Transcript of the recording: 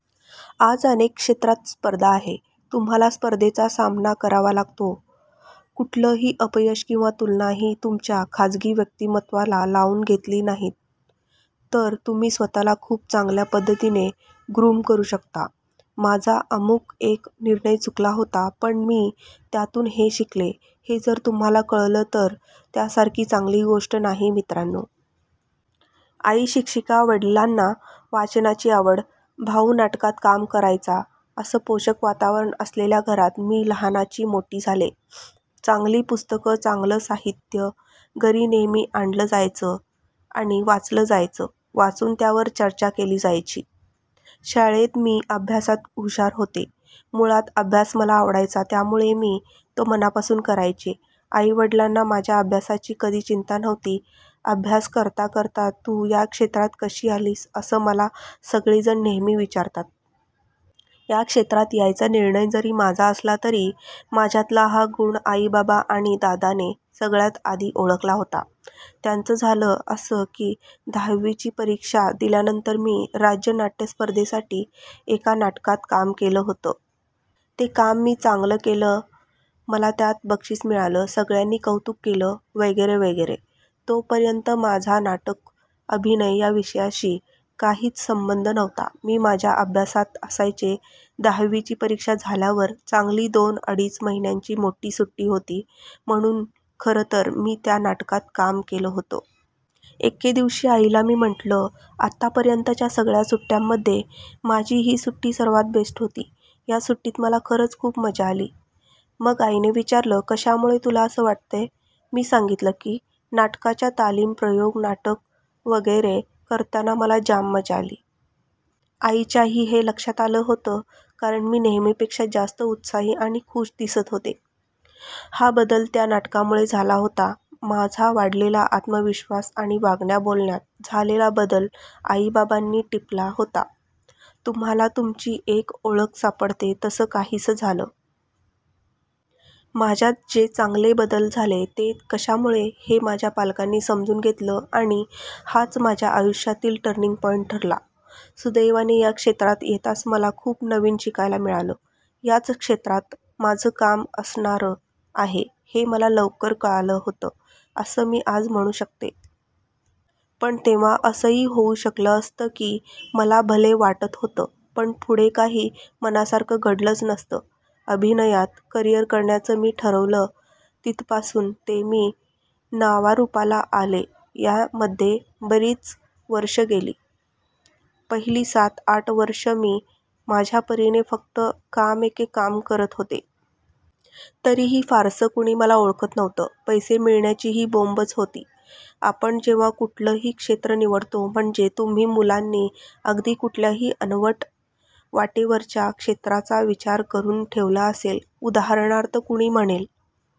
आज अनेक क्षेत्रांत स्पर्धा आहे. तुम्हांला स्पर्धेचा सामना करावा लागतो. कुठलंही अपयश किंवा तुलना ही तुमच्या खाजगी व्यक्तिमत्त्वाला लावून घेतली नाहीत, तर तुम्ही स्वतःला खूप चांगल्या पद्धतीने ग्रुम करू शकता. माझा अमुक एक निर्णय चुकला होता, पण मी त्यातून हे शिकले, हे जर तुम्हांला कळलं तर त्यासारखी चांगली गोष्ट नाही, मित्रांनो. आई शिक्षिका, वडिलांना वाचनाची आवड, भाऊ नाटकात कामं करायचा असं पोषक वातावरण असलेल्या घरात मी लहानाची मोठी झाले. चांगली पुस्तकं, चांगलं साहित्य घरी नेहमी आणलं जायचं आणि वाचलं जायचं. वाचून त्यावर चर्चा केली जायची. शाळेत मी अभ्यासात हुशार होते. मुळात अभ्यास मला आवडायचा, त्यामुळे मी तो मनापासून करायचे. आई-वडिलांना माझ्या अभ्यासाची कधी चिंता नव्हती. 'अभ्यास करता करता तू या क्षेत्रात कशी आलीस,' असं मला सगळेजण नेहमी विचारतात. या क्षेत्रात यायचा निर्णय जरी माझा असला तरी माझ्यातला हा गुण आई-बाबा आणि दादाने सगळ्यात आधी ओळखला होता. त्याचं झालं असं की, दहावीची परीक्षा दिल्यानंतर मी राज्य नाट्यस्पर्धेसाठी एका नाटकात काम केलं होतं. ते काम मी चांगलं केलं, मला त्यात बक्षीस मिळालं, सगळ्यांनी कौतुक केलं, वगैरे वगैरे! तोपर्यंत माझा नाटक, अभिनय या विषयाशी काहीच संबंध नव्हता. मी माझ्या अभ्यासात असायचे. दहावीची परीक्षा झाल्यावर चांगली दोन-अडीच महिन्यांची मोठी सुट्टी होती म्हणून खरंतर मी त्या नाटकात काम केलं होतं. एके दिवशी आईला मी म्हटलं, 'आत्तापर्यंतच्या सगळ्या सुट्ट्यांमध्ये माझी ही सुट्टी सर्वात बेस्ट होती. या सुट्टीत मला खरंच खूप मजा आली. ' मग आईने विचारलं, "कशामुळे तुला असं वाटतंय? ' मी सांगितलं की, '"नाटकाच्या तालमी, प्रयोग, नाटक वगैरे करताना मला जाम मजा आली. " आईच्याही हे लक्षात आलं होतं, कारण मी नेहमीपेक्षा जास्त उत्साही आणि खूश दिसत होते. हा बदल त्या नाटकामुळे झाला होता. माझा वाढलेला आत्मविश्वास आणि वागण्या-बोलण्यात झालेला बदल आई-बाबांनी टिपला होता. तुम्हांला तुमची एक ओळख सापडते, तसं काहीसं झालं. माझ्यात जे चांगले बदल झाले ते कशामुळे, हे माझ्या पालकांनी समजून घेतलं; आणि हाच माझ्या आयुष्यातील टर्निंग पॉइंट ठरला. सुदैवाने या क्षेत्रात येताच मला खूप नवीन शिकायला मिळालं. याच क्षेत्रात माझं काम असणार आहे, हे मला लवकर कळलं होतं असं मी आज म्हणू शकते. पण तेव्हा असंही होऊ शकलं असतं की मला भले वाटत होतं, पण पुढे काही मनासारखं घडलंच नसतं. अभिनयात करियर करण्याचं मी ठरवलं तिथपासून ते मी नावारूपाला आले यात मध्ये बरीच वर्षं गेली. पहिली सात-आठ वर्षं मी माझ्या परीने फक्त काम एके काम करत होते. तरीही फारसं कुणी मला ओळखत नव्हतं. पैसे मिळण्याचीही बोंबच होती. आपण जेव्हा कुठलंही क्षेत्र निवडतो, म्हणजे तुम्ही मुलांनी अगदी कुठल्याही अनवट वाटेवरच्या क्षेत्राचा विचार करून ठेवला असेल, उदाहरणार्थ कुणी म्हणेल